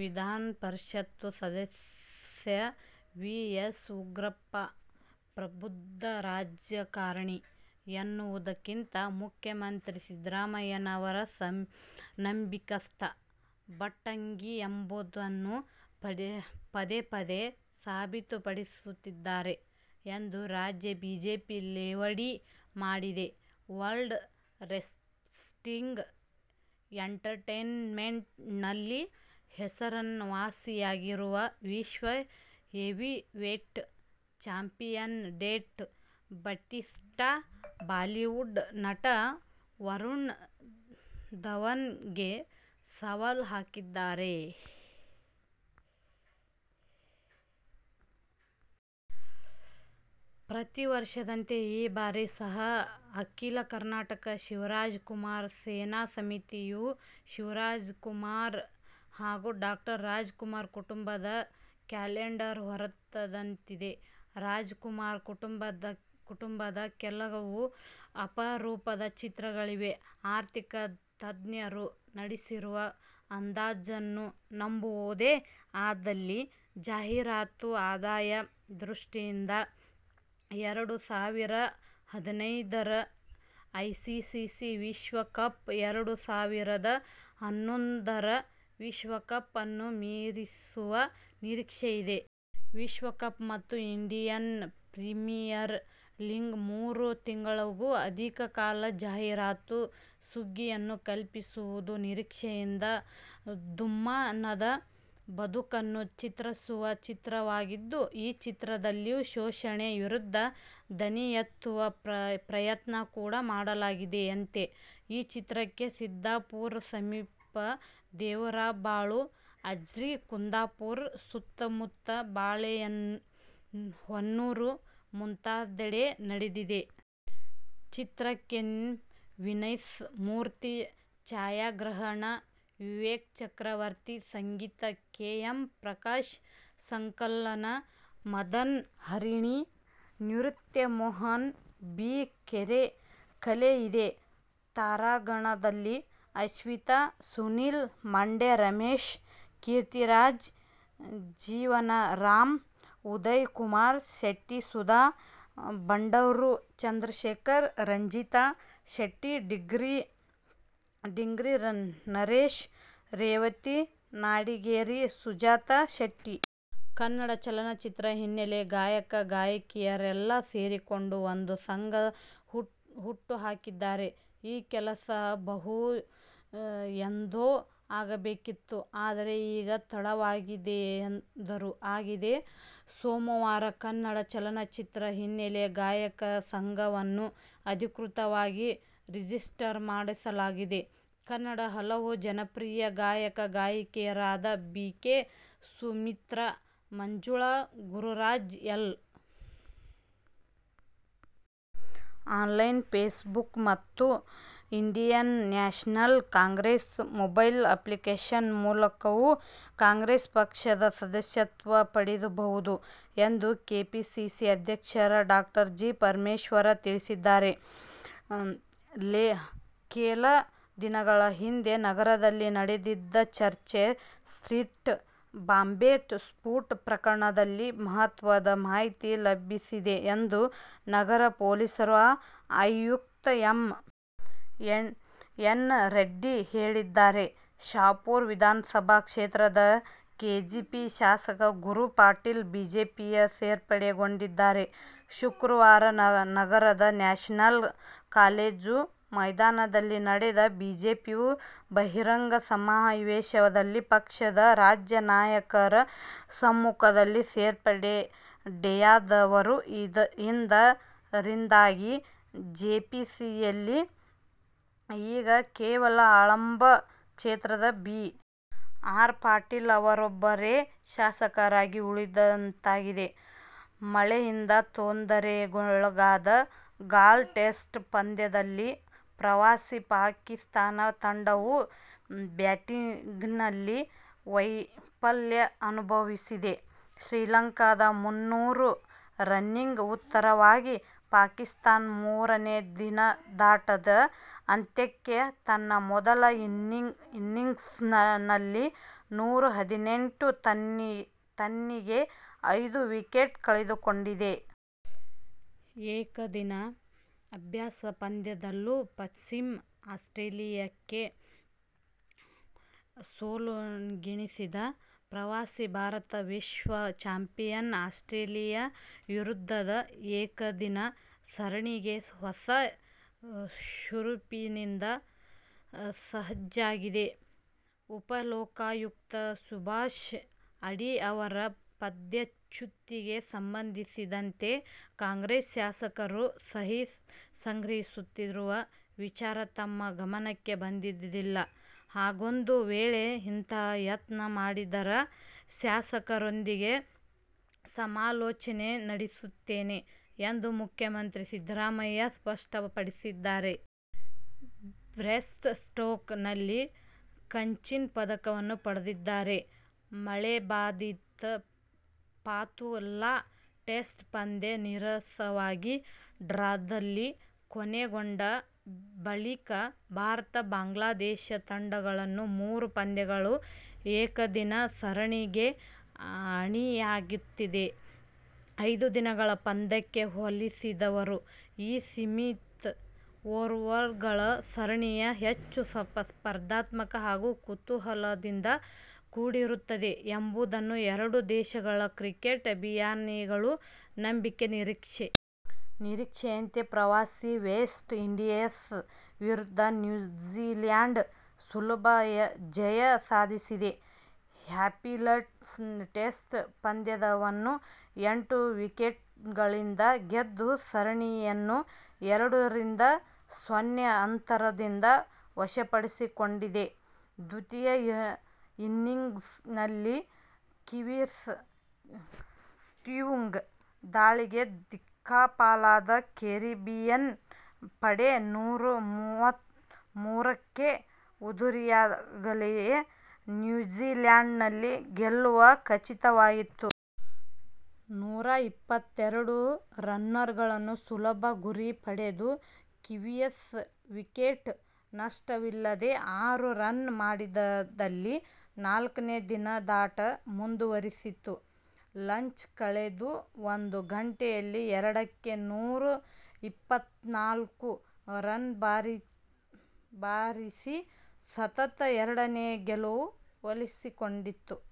ವಿಧಾನಪರಿಷತ್ ಸದಸ್ಯ V. S. Ugrappa ಪ್ರಬುದ್ಧ ರಾಜಕಾರಣಿ ಎನ್ನುವುದಕ್ಕಿಂತ ಮುಖ್ಯಮಂತ್ರಿ ಸಿದ್ದರಾಮಯ್ಯ ಅವರ ನಂಬಿಕಸ್ತ ಭಟ್ಟಂಗಿ ಎಂಬುದನ್ನು ಪದೇಪದೇ ಸಾಬೀತುಪಡಿಸುತ್ತಿದ್ದಾರೆ ಎಂದು ರಾಜ್ಯ ಬಿಜೆಪಿ ಲೇವಡಿ ಮಾಡಿದೆ. ವರ್ಲ್ಡ್ ರೆಸ್ಲಿಂಗ್ ಎಂಟರ್ಟೇನ್ಮೆಂಟ್ನಲ್ಲಿ ಹೆಸರುವಾಸಿಯಾಗಿರುವ ವಿಶ್ವ heavyweight champion Dave Bautista Bollywood ನಟ ವರುಣ್ ಧವನ್ ಗೆ ಸವಾಲು ಹಾಕಿದ್ದಾರೆ. ಪ್ರತಿ ವರ್ಷದಂತೆ ಈ ಬಾರಿ ಸಹ ಅಖಿಲ ಕರ್ನಾಟಕ ಶಿವರಾಜಕುಮಾರ್ ಸೇನಾ ಸಮಿತಿಯು ಶಿವರಾಜಕುಮಾರ್ ಹಾಗೂ ಡಾ. ರಾಜಕುಮಾರ್ ಕುಟುಂಬದ ಕ್ಯಾಲೆಂಡರ್ ಹೊರತಂದಿದೆ. ರಾಜಕುಮಾರ್ ಕುಟುಂಬದ ಕೆಲವು ಅಪರೂಪ ಚಿತ್ರಗಳಿವೆ. ಆರ್ಥಿಕ ತಜ್ಞರು ನಡೆಸಿರುವ ಅಂದಾಜನ್ನು ನಂಬುವುದೇ ಆದಲ್ಲಿ ಜಾಹೀರಾತು ಆದಾಯ ದೃಷ್ಟಿಯಿಂದ ಎರಡು ಸಾವಿರದ ಹದಿನೈದರ ಐಸಿಸಿ ವಿಶ್ವಕಪ್ ಎರಡು ಸಾವಿರದ ಹನ್ನೊಂದರ ವಿಶ್ವಕಪ್ ಅನ್ನು ಮೀರಿಸುವ ನಿರೀಕ್ಷೆಯಿದೆ. ವಿಶ್ವಕಪ್ ಮತ್ತು ಇಂಡಿಯನ್ ಪ್ರೀಮಿಯರ್ ಲೀಗ್ ಮೂರು ತಿಂಗಳಿಗೂ ಅಧಿಕ ಕಾಲ ಜಾಹೀರಾತು ಸುಗ್ಗಿಯನ್ನು ಕಲ್ಪಿಸುವ ನಿರೀಕ್ಷೆಯಿದೆ. ಖ -ದುಮ್ಮಾನದ ಬದುಕನ್ನು ಚಿತ್ರಿಸುವ ಚಿತ್ರವಾಗಿದ್ದು, ಈ ಚಿತ್ರದಲ್ಲಿ ಶೋಷಣೆ ವಿರುದ್ಧ ದನಿ ಎತ್ತುವ ಪ್ರಯತ್ನ ಕೂಡಾ ಮಾಡಲಾಗಿದೆಯಂತೆ. ಈ ಚಿತ್ರಕ್ಕೆ ಸಿದ್ಧಾಪುರ ಸಮೀಪ ದೇವರಬಾಳು, ಅಜ್ರಿ, ಕುಂದಾಪುವ ಸುತ್ತಮುತ್ತ ಬಾಳೆಹೊನ್ನುರು ಮುಂತಾದೆಡೆ ನಡೆದಿದೆ. ಚಿತ್ರಕ್ಕೆ ವೀನಸ್ ಮೂರ್ತಿ ಛಾಯಾಗ್ರಹಣ, ವಿವೇಕ್ ಚಕ್ರವರ್ತಿ ಸಂಗೀತ, ಕೆ. ಎಂ. ಪ್ರಕಾಶ್ ಸಂಕಲನ, ಮದನ್ ಹರಿಣಿ ನೃತ್ಯ, ಮೋಹನ್ ಬಿ ಕೆರೆ ಕಲೆ ಇದೆ. ತಾರಾಗಣದಲ್ಲಿ ಅಶ್ವಿತಾ, ಸುನಿಲ್, ಮಂಡ್ಯ ರಮೇಶ್, ಕೀರ್ತಿರಾಜ್, ಜೀವನ್ ರಾಂ, ಉದಯ್ ಕುಮಾರ್ ಶೆಟ್ಟಿ, ಸುಧಾ ಬಂಡೂರು, ಚಂದ್ರಶೇಖರ್, ರಂಜಿತಾ ಶೆಟ್ಟಿ, ಡಿಂಗ್ರಿ ನರೇಶ್, ರೇವತಿ ನಾಡಿಗೇರ್, ಸುಜಾತಾ ಶೆಟ್ಟಿ. ಕನ್ನಡ ಚಲನಚಿತ್ರ ಹಿನ್ನೆಲೆ ಗಾಯಕ-ಗಾಯಕಿಯರೆಲ್ಲಾ ಸೇರಿಕೊಂಡು ಒಂದು ಸಂಘ ಹುಟ್ಟುಹಾಕಿದ್ದಾರೆ. ಈ ಕೆಲಸ ಬಹುಶಃ ಎಂದೋ ಆಗಬೇಕಿತ್ತು. ಆದರೆ, ಈಗ ತಡವಾಗಿಯಾದರೂ ಆಗಿದೆ. ಸೋಮವಾರ ಕನ್ನಡ ಚಲನಚಿತ್ರ ಹಿನ್ನೆಲೆ ಗಾಯಕರ ಸಂಘವನ್ನು ಅಧಿಕೃತವಾಗಿ ರಿಜಿಸ್ಟರ್ ಮಾಡಿಸಲಾಗಿದೆ. ಕನ್ನಡದ ಹಲವು ಜನಪ್ರಿಯ ಗಾಯಕ-ಗಾಯಕಿಯರಾದ B. K. Sumithra, Manjula Gururaj, L. Online, Facebook ಮತ್ತು Indian National Congress mobile application ಮೂಲಕವೂ ಕಾಂಗ್ರೆಸ್ ಪಕ್ಷದ ಸದಸ್ಯತ್ವ ಪಡೆಯಬಹುದು ಎಂದು ಕೆಪಿಸಿಸಿ ಅಧ್ಯಕ್ಷ ಡಾ ಜಿ. ಪರಮೇಶ್ವರ್ ತಿಳಿಸಿದ್ದಾರೆ. ಕೆಲ ದಿನಗಳ ಹಿಂದೆ ನಗರದಲ್ಲಿ ನಡೆದಿದ್ದ ಚರ್ಚ್ ಸ್ಟ್ರೀಟ್ ಬಾಂಬ್ ಸ್ಫೋಟ ಪ್ರಕರಣದಲ್ಲಿ ಮಹತ್ವದ ಮಾಹಿತಿ ಲಭಿಸಿದೆ ಎಂದು ನಗರ ಪೊಲೀಸ್ ಆಯುಕ್ತ ಎಂ. ಎನ್. ರೆಡ್ಡಿ ಹೇಳಿದ್ದಾರೆ. ಶಹಾಪುರ ವಿಧಾನಸಭಾ ಕ್ಷೇತ್ರದ ಕೆಜೆಪಿ ಶಾಸಕ ಗುರು ಪಾಟೀಲ್ ಬಿಜೆಪಿಗೆ ಸೇರ್ಪಡೆಗೊಂಡಿದ್ದಾರೆ. ಶುಕ್ರವಾರ ನಗರದ ನ್ಯಾಷನಲ್ ಕಾಲೇಜು ಮೈದಾನದಲ್ಲಿ ನಡೆದ ಬಿಜೆಪಿಯ ಬಹಿರಂಗ ಸಮಾವೇಶದಲ್ಲಿ ಪಕ್ಷದ ರಾಜ್ಯ ನಾಯಕರ ಸಮ್ಮುಖದಲ್ಲಿ ಸೇರ್ಪ ಡೆಯಾದರು. ಇದ ರಿಂದಾಗಿ ಕೆಜೆಪಿಯಲ್ಲಿ ಈಗ ಕೇವಲ ಆಳಂದ ಕ್ಷೇತ್ರದ ಬಿ. ಆರ್. ಪಾಟೀಲ ಅವರೊಬ್ಬರೇ ಶಾಸಕರಾಗಿ ಉಳಿದಂತಾಗಿದೆ. ಮಳೆಯಿಂದ ತೊಂದರೆಗೊಳಗಾದ ಗಾಲ್ ಟೆಸ್ಟ್ ಪಂದ್ಯದಲ್ಲಿ ಪ್ರವಾಸಿ ಪಾಕಿಸ್ಥಾನ ತಂಡವು ಬ್ಯಾಟಿಂಗ್ನಲ್ಲಿ ವೈಫಲ್ಯ ಅನುಭವಿಸಿದೆ. ಶ್ರೀಲಂಕಾದ ಮುನ್ನೂರು ರನ್ನಿಗೆ ಉತ್ತರವಾಗಿ ಪಾಕಿಸ್ಥಾನ ಮೂರನೇ ದಿನದಾಟದ ಅಂತ್ಯಕ್ಕೆ ತನ್ನ ಮೊದಲ ಇನ್ನಿಂಗ್ಸ್ನಲ್ಲಿ ನೂರಾ ಹದಿನೆಂಟು ರನ್ನಿಗೆ ಐದು ವಿಕೆಟ್ ಕಳೆದುಕೊಂಡಿದೆ. ಏಕದಿನ ಅಭ್ಯಾಸ ಪಂದ್ಯದಲ್ಲೂ ಪಶ್ಚಿಮ ಆಸ್ಟ್ರೇಲಿಯಕ್ಕೆ ಸೋಲುಣಿಸಿದ ಪ್ರವಾಸಿ ಭಾರತ, ವಿಶ್ವ ಚಾಂಪಿಯನ್ ಆಸ್ಟ್ರೇಲಿಯ ವಿರುದ್ಧದ ಏಕದಿನ ಸರಣಿಗೆ ಹೊಸ ಹುರುಪಿನಿಂದ ಸಜ್ಜಾಗಿದೆ. ಉಪಲೋಕಾಯುಕ್ತ ಸುಭಾಷ್ ಅಡಿ ಅವರ ಪದಚ್ಯುತಿಗೆ ಸಂಬಂಧಿಸಿದಂತೆ ಕಾಂಗ್ರೆಸ್ ಶಾಸಕರು ಸಹಿ ಸಂಗ್ರಹಿಸುತ್ತಿರುವ ವಿಚಾರ ತಮ್ಮ ಗಮನಕ್ಕೆ ಬಂದಿಲ್ಲ. ಹಾಗೊಂದು ವೇಳೆ ಇಂತಹ ಯತ್ನ ಮಾಡಿದರೆ ಶಾಸಕರೊಂದಿಗೆ ಸಮಾಲೋಚನೆ ನಡೆಸುತ್ತೇನೆ ಎಂದು ಮುಖ್ಯಮಂತ್ರಿ ಸಿದ್ದರಾಮಯ್ಯ ಸ್ಪಷ್ಟಪಡಿಸಿದ್ದಾರೆ. ಬ್ರೆಸ್ಟ್ ಸ್ಟ್ರೋಕ್ ನಲ್ಲಿ ಕಂಚಿನ ಪದಕವನ್ನು ಪಡೆದಿದ್ದಾರೆ. ಮಳೆಬಾಧಿತ ಫಾತುಲ್ಲಾ ಟೆಸ್ಟ್ ಪಂದ್ಯ ನೀರಸವಾಗಿ ಡ್ರಾದಲ್ಲಿ ಕೊನೆಗೊಂಡ ಬಳಿಕ ಭಾರತ-ಬಾಂಗ್ಲಾದೇಶ ತಂಡಗಳಿನ್ನು ಮೂರು ಪಂದ್ಯಗಳ ಏಕದಿನ ಸರಣಿಗೆ ಅಣಿಯಾಗುತ್ತಿವೆ. ಐದು ದಿನಗಳ ಪಂದ್ಯಕ್ಕೆ ಹೋಲಿಸಿದರೆ ಈ ಸೀಮಿತ ಓವರ್ಗಳ ಸರಣಿ ಹೆಚ್ಚು ಸ್ಪರ್ಧಾತ್ಮಕ ಹಾಗೂ ಕುತೂಹಲದಿಂದ ಕೂಡಿರುತ್ತದೆ ಎಂಬುದು ಎರಡೂ ದೇಶಗಳ ಕ್ರಿಕೆಟ್ ಅಭಿಮಾನಿಗಳ ನಂಬಿಕೆ, ನಿರೀಕ್ಷೆ. ನಿರೀಕ್ಷೆಯಂತೆ ಪ್ರವಾಸಿ ವೆಸ್ಟ್ ಇಂಡೀಸ್ ವಿರುದ್ಧ ನ್ಯೂಜೀಲ್ಯಾಂಡ್ ಸುಲಭ ಜಯ ಸಾಧಿಸಿದೆ. ಹ್ಯಾಮಿಲ್ಟನ್ ಟೆಸ್ಟ್ ಪಂದ್ಯವನ್ನು ಎಂಟು ವಿಕೆಟ್ಗಳಿಂದ ಗೆದ್ದು ಸರಣಿಯನ್ನು ಎರಡ ರಿಂದ ಸೊನ್ನೆ ಅಂತರದಿಂದ ವಶಪಡಿಸಿಕೊಂಡಿದೆ. ದ್ವಿತೀಯ ಇನ್ನಿಂಗ್ಸ್ನಲ್ಲಿ ಕಿವೀಸ್ ಸ್ವಿಂಗ್ ದಾಳಿಗೆ ದಿಕ್ಕಾಪಾಲಾದ ಕೆರಿಬಿಯನ್ ಪಡೆ ನೂರಮೂರಕ್ಕೆ ಉದುರಿದಾಗಲೇ ನ್ಯೂಜೀಲ್ಯಾಂಡಿನ ಗೆಲುವು ಖಚಿತವಾಗಿತ್ತು. ನೂರಾ ಇಪ್ಪತ್ತೆರಡು ರನ್ನುಗಳ ಸುಲಭ ಗುರಿ ಪಡೆದ ಕಿವೀಸ್ ವಿಕೆಟ್ ನಷ್ಟವಿಲ್ಲದೆ ಆರು ರನ್ ಮಾಡಿದಲ್ಲಿಂದ ನಾಲ್ಕನೇ ದಿನದಾಟ ಮುಂದುವರಿಸಿತ್ತು. ಲಂಚ್ ಕಳೆದು ಒಂದು ಗಂಟೆಯಲ್ಲಿ ಎರಡಕ್ಕೆ ನೂರಾ ಇಪ್ಪತ್ತ್ನಾಲ್ಕು ರನ್ ಬಾರಿಸಿ ಸತತ ಎರಡನೇ ಗೆಲುವು ಒಲಿಸಿಕೊಂಡಿತು.